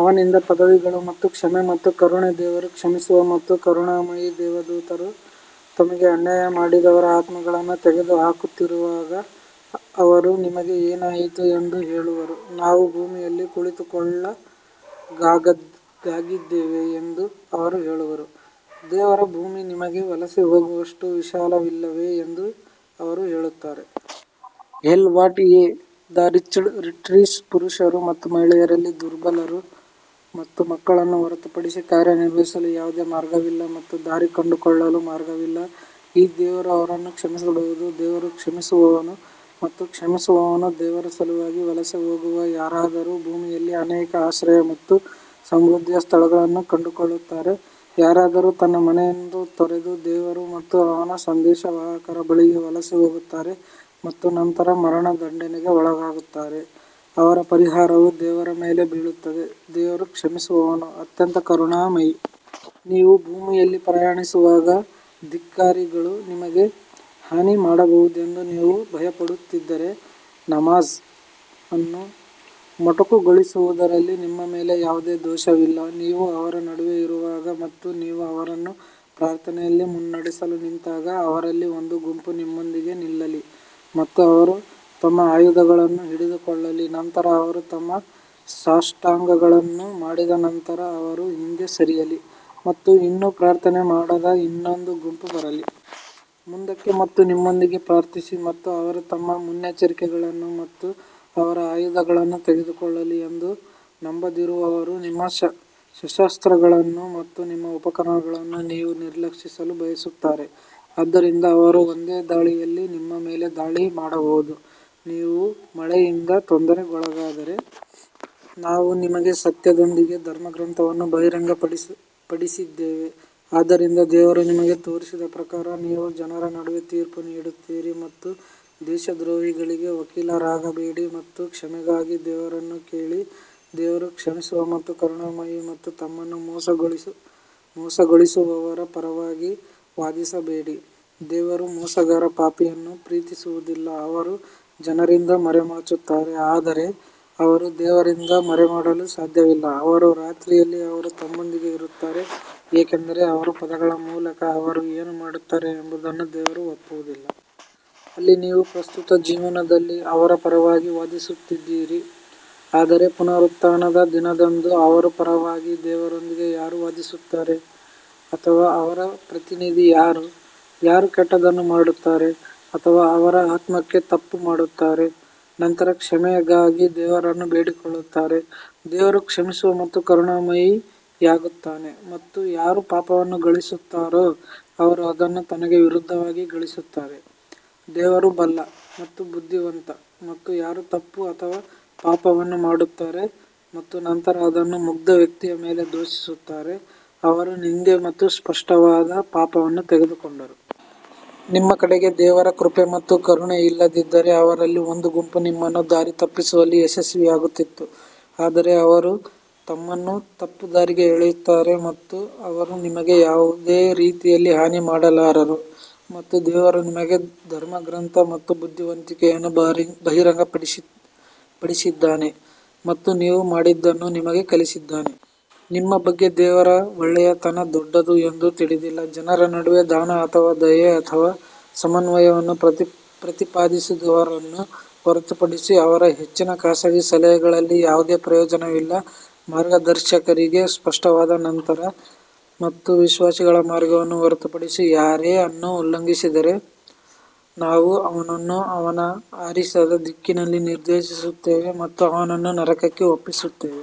ಅವನಿಂದ ಪದವಿಗಳು ಮತ್ತು ಕ್ಷಮೆ ಮತ್ತು ಕರುಣೆ ದೇವರು ಕ್ಷಮಿಸುವ ಮತ್ತು ಕರುಣಾಮಯಿ ದೇವದೂತರು ತಮಗೇ ಅನ್ಯಾಯ ಮಾಡಿದವರ ಆತ್ಮಗಳನ್ನು ತೆಗೆದುಹಾಕುತ್ತಿರುವಾಗ ಅವರು ನಿಮಗೆ ಏನಾಯಿತು ಎಂದು ಹೇಳುವರು, ನಾವು ಭೂಮಿಯಲ್ಲಿ ತುಳಿತಕ್ಕೊಳಗಾಗಿದ್ದೇವೆ ಎಂದು ಅವರು ಹೇಳುವರು, ದೇವರ ಭೂಮಿ ನಿಮಗೆ ವಲಸೆ ಹೋಗುವಷ್ಟು ವಿಶಾಲವಾಗಿಲ್ಲವೇ ಎಂದು ಅವರು ಹೇಳುತ್ತಾರೆ. Hell what a wretched retreat ಪುರುಷರು ಮತ್ತು ಮಹಿಳೆಯರಲ್ಲಿ ದುರ್ಬಲರು ಮತ್ತು ಮಕ್ಕಳನ್ನು ಹೊರತುಪಡಿಸಿ ಕಾರ್ಯನಿರ್ವಹಿಸಲು ಯಾವುದೇ ಮಾರ್ಗವಿಲ್ಲ ಮತ್ತು ದಾರಿ ಕಂಡುಕೊಳ್ಳಲು ಮಾರ್ಗವಿಲ್ಲ ಈ ದೇವರು ಅವರನ್ನು ಕ್ಷಮಿಸಬಹುದು, ದೇವರು ಕ್ಷಮಿಸುವವನು ಮತ್ತು ಕ್ಷಮಿಸುವವನು ದೇವರ ಸಲುವಾಗಿ ವಲಸೆ ಹೋಗುವ ಯಾರಾದರೂ ಭೂಮಿಯಲ್ಲಿ ಅನೇಕ ಆಶ್ರಯ ಮತ್ತು ಸಮೃದ್ಧಿಯ ಸ್ಥಳಗಳನ್ನು ಕಂಡುಕೊಳ್ಳುತ್ತಾರೆ, ಯಾರಾದರೂ ತನ್ನ ಮನೆಯನ್ನು ತೊರೆದು ದೇವರು ಮತ್ತು ಅವನ ಸಂದೇಶವಾಹಕರ ಬಳಿಗೆ ವಲಸೆ ಹೋಗುತ್ತಾರೆ ಮತ್ತು ನಂತರ ಮರಣದಂಡನೆಗೆ ಒಳಗಾಗುತ್ತಾರೆ ಅವರ ಪರಿಹಾರವು ದೇವರ ಮೇಲೆ ಬೀಳುತ್ತದೆ ದೇವರು ಕ್ಷಮಿಸುವವನು ಅತ್ಯಂತ ಕರುಣಾಮಯಿ. ನೀವು ಭೂಮಿಯಲ್ಲಿ ಪ್ರಯಾಣಿಸುವಾಗ, ಧಿಕ್ಕಾರಿಗಳು ನಿಮಗೆ ಹಾನಿ ಮಾಡಬಹುದೆಂದು ನೀವು ಭಯಪಡುತ್ತಿದ್ದರೆ, ನಮಾಝ್ ಅನ್ನು ಮೊಟಕುಗೊಳಿಸುವುದರಲ್ಲಿ ನಿಮ್ಮ ಮೇಲೆ ಯಾವುದೇ ದೋಷವಿಲ್ಲ. ನೀವು ಅವರ ನಡುವೆ ಇರುವಾಗ ಮತ್ತು ನೀವು ಅವರನ್ನು ಪ್ರಾರ್ಥನೆಯಲ್ಲಿ ಮುನ್ನಡೆಸಲು ನಿಂತಾಗ ಅವರಲ್ಲಿ ಒಂದು ಗುಂಪು ನಿಮ್ಮೊಂದಿಗೆ ನಿಲ್ಲಲಿ ಮತ್ತು ಅವರು ತಮ್ಮ ಆಯುಧಗಳನ್ನು ಹಿಡಿದುಕೊಳ್ಳಲಿ, ನಂತರ ಅವರು ತಮ್ಮ ಸಾಷ್ಟಾಂಗಗಳನ್ನು ಮಾಡಿದ ನಂತರ ಅವರು ಹಿಂದೆ ಸರಿಯಲಿ ಮತ್ತು ಇನ್ನೂ ಪ್ರಾರ್ಥನೆ ಮಾಡದ ಇನ್ನೊಂದು ಗುಂಪು ಬರಲಿ. ಮುಂದಕ್ಕೆ ಮತ್ತು ನಿಮ್ಮೊಂದಿಗೆ ಪ್ರಾರ್ಥಿಸಿ ಮತ್ತು ಅವರು ತಮ್ಮ ಮುನ್ನೆಚ್ಚರಿಕೆಗಳನ್ನು ಮತ್ತು ಅವರ ಆಯುಧಗಳನ್ನು ತೆಗೆದುಕೊಳ್ಳಲಿ ಎಂದು ನಂಬದಿರುವವರು ನಿಮ್ಮ ಶಸ್ತ್ರಾಸ್ತ್ರಗಳು ಮತ್ತು ನಿಮ್ಮ ಉಪಕರಣಗಳನ್ನು ನೀವು ನಿರ್ಲಕ್ಷಿಸಲು ಬಯಸುತ್ತಾರೆ, ಆದ್ದರಿಂದ ಅವರು ಒಂದೇ ದಾಳಿಯಲ್ಲಿ ನಿಮ್ಮ ಮೇಲೆ ದಾಳಿ ಮಾಡಬಹುದು, ನೀವು ಮಳೆಯಿಂದ ತೊಂದರೆಗೊಳಗಾದರೆ ನಾವು ನಿಮಗೆ ಸತ್ಯದೊಂದಿಗೆ ಧರ್ಮಗ್ರಂಥವನ್ನು ಬಹಿರಂಗಪಡಿಸಿದ್ದೇವೆ, ಆದ್ದರಿಂದ ದೇವರು ನಿಮಗೆ ತೋರಿಸಿದ ಪ್ರಕಾರ ನೀವು ಜನರ ನಡುವೆ ತೀರ್ಪು ನೀಡುತ್ತೀರಿ ಮತ್ತು ದೇಶದ್ರೋಹಿಗಳಿಗೆ ವಕೀಲರಾಗಬೇಡಿ ಮತ್ತು ಕ್ಷಮೆಗಾಗಿ ದೇವರನ್ನು ಕೇಳಿ ದೇವರು ಕ್ಷಮಿಸುವ ಮತ್ತು ಕರುಣಾಮಯಿ ಮತ್ತು ತಮ್ಮನ್ನು ಮೋಸಗೊಳಿಸುವವರ ಪರವಾಗಿ ವಾದಿಸಬೇಡಿ ದೇವರು ಮೋಸಗಾರ ಪಾಪಿಯನ್ನು ಪ್ರೀತಿಸುವುದಿಲ್ಲ ಅವರು ಜನರಿಂದ ಮರೆಮಾಚುತ್ತಾರೆ ಆದರೆ ಅವರು ದೇವರಿಂದ ಮರೆಮಾಡಲು ಸಾಧ್ಯವಿಲ್ಲ, ಅವರು ರಾತ್ರಿಯಲ್ಲಿ ಅವರು ತಮ್ಮೊಂದಿಗೆ ಇರುತ್ತಾರೆ ಏಕೆಂದರೆ ಅವರು ಪದಗಳ ಮೂಲಕ ಅವರು ಏನು ಮಾಡುತ್ತಾರೆ ಎಂಬುದನ್ನು ದೇವರು ಒಪ್ಪುವುದಿಲ್ಲ. ಅಲ್ಲಿ ನೀವು ಪ್ರಸ್ತುತ ಜೀವನದಲ್ಲಿ ಅವರ ಪರವಾಗಿ ವಾದಿಸುತ್ತಿದ್ದೀರಿ ಆದರೆ ಪುನರುತ್ಥಾನದ ದಿನದಂದು ಅವರ ಪರವಾಗಿ ದೇವರೊಂದಿಗೆ ಯಾರು ವಾದಿಸುತ್ತಾರೆ ಅಥವಾ ಅವರ ಪ್ರತಿನಿಧಿ ಯಾರು ಯಾರು ಕೆಟ್ಟದ್ದನ್ನು ಮಾಡುತ್ತಾರೆ ಅಥವಾ ಅವರ ಆತ್ಮಕ್ಕೆ ತಪ್ಪು ಮಾಡುತ್ತಾರೆ, ನಂತರ ಕ್ಷಮೆಗಾಗಿ ದೇವರನ್ನು ಬೇಡಿಕೊಳ್ಳುತ್ತಾರೆ, ದೇವರು ಕ್ಷಮಿಸುವ ಮತ್ತು ಕರುಣಾಮಯಿಯಾಗುತ್ತಾನೆ ಮತ್ತು ಯಾರು ಪಾಪವನ್ನು ಗಳಿಸುತ್ತಾರೋ ಅವರು ಅದನ್ನು ತನಗೆ ವಿರುದ್ಧವಾಗಿ ಗಳಿಸುತ್ತಾರೆ, ದೇವರು ಬಲ್ಲ ಮತ್ತು ಬುದ್ಧಿವಂತ ಮತ್ತು ಯಾರು ತಪ್ಪು ಅಥವಾ ಪಾಪವನ್ನು ಮಾಡುತ್ತಾರೆ ಮತ್ತು ನಂತರ ಅದನ್ನು ಮುಗ್ಧ ವ್ಯಕ್ತಿಯ ಮೇಲೆ ದೂಷಿಸುತ್ತಾರೆ, ಅವರು ನಿಂದೆ ಮತ್ತು ಸ್ಪಷ್ಟವಾದ ಪಾಪವನ್ನು ತೆಗೆದುಕೊಂಡರು. ನಿಮ್ಮ ಕಡೆಗೆ ದೇವರ ಕೃಪೆ ಮತ್ತು ಕರುಣೆ ಇಲ್ಲದಿದ್ದರೆ ಅವರಲ್ಲಿ ಒಂದು ಗುಂಪು ನಿಮ್ಮನ್ನು ದಾರಿತಪ್ಪಿಸುವಲ್ಲಿ ಯಶಸ್ವಿಯಾಗುತ್ತಿತ್ತು ಆದರೆ ಅವರು ತಮ್ಮನ್ನು ತಪ್ಪುದಾರಿಗೆ ಎಳೆಯುತ್ತಾರೆ ಮತ್ತು ಅವರು ನಿಮಗೆ ಯಾವುದೇ ರೀತಿಯಲ್ಲಿ ಹಾನಿ ಮಾಡಲಾರರು ಮತ್ತು ದೇವರು ನಿಮಗೆ ಧರ್ಮಗ್ರಂಥ ಮತ್ತು ಬುದ್ಧಿವಂತಿಕೆಯನ್ನು ಬಹಿರಂಗಪಡಿಸಿದ್ದಾನೆ ಮತ್ತು ನೀವು ಮಾಡಿದ್ದನ್ನು ನಿಮಗೆ ಕಲಿಸಿದ್ದಾನೆ. ನಿಮ್ಮ ಬಗ್ಗೆ ದೇವರ ಒಳ್ಳೆಯತನ ದೊಡ್ಡದು ಎಂದು ತಿಳಿದಿಲ್ಲ ಜನರ ನಡುವೆ ದಾನ ಅಥವಾ ದಯೆ ಅಥವಾ ಸಮನ್ವಯವನ್ನು ಪ್ರತಿಪಾದಿಸುವವರನ್ನು ಹೊರತುಪಡಿಸಿ ಅವರ ಹೆಚ್ಚಿನ ಖಾಸಗಿ ಸಲಹೆಗಳಲ್ಲಿ ಯಾವುದೇ ಪ್ರಯೋಜನವಿಲ್ಲ ಮಾರ್ಗದರ್ಶಕರಿಗೆ ಸ್ಪಷ್ಟವಾದ ನಂತರ ಮತ್ತು ವಿಶ್ವಾಸಿಗಳ ಮಾರ್ಗವನ್ನು ಹೊರತುಪಡಿಸಿ ಯಾರೇ ಅನ್ನು ಉಲ್ಲಂಘಿಸಿದರೆ, ನಾವು ಅವನನ್ನು ಅವನು ಆರಿಸಿದ ದಿಕ್ಕಿನಲ್ಲಿ ನಿರ್ದೇಶಿಸುತ್ತೇವೆ ಮತ್ತು ಅವನನ್ನು ನರಕಕ್ಕೆ ಒಪ್ಪಿಸುತ್ತೇವೆ.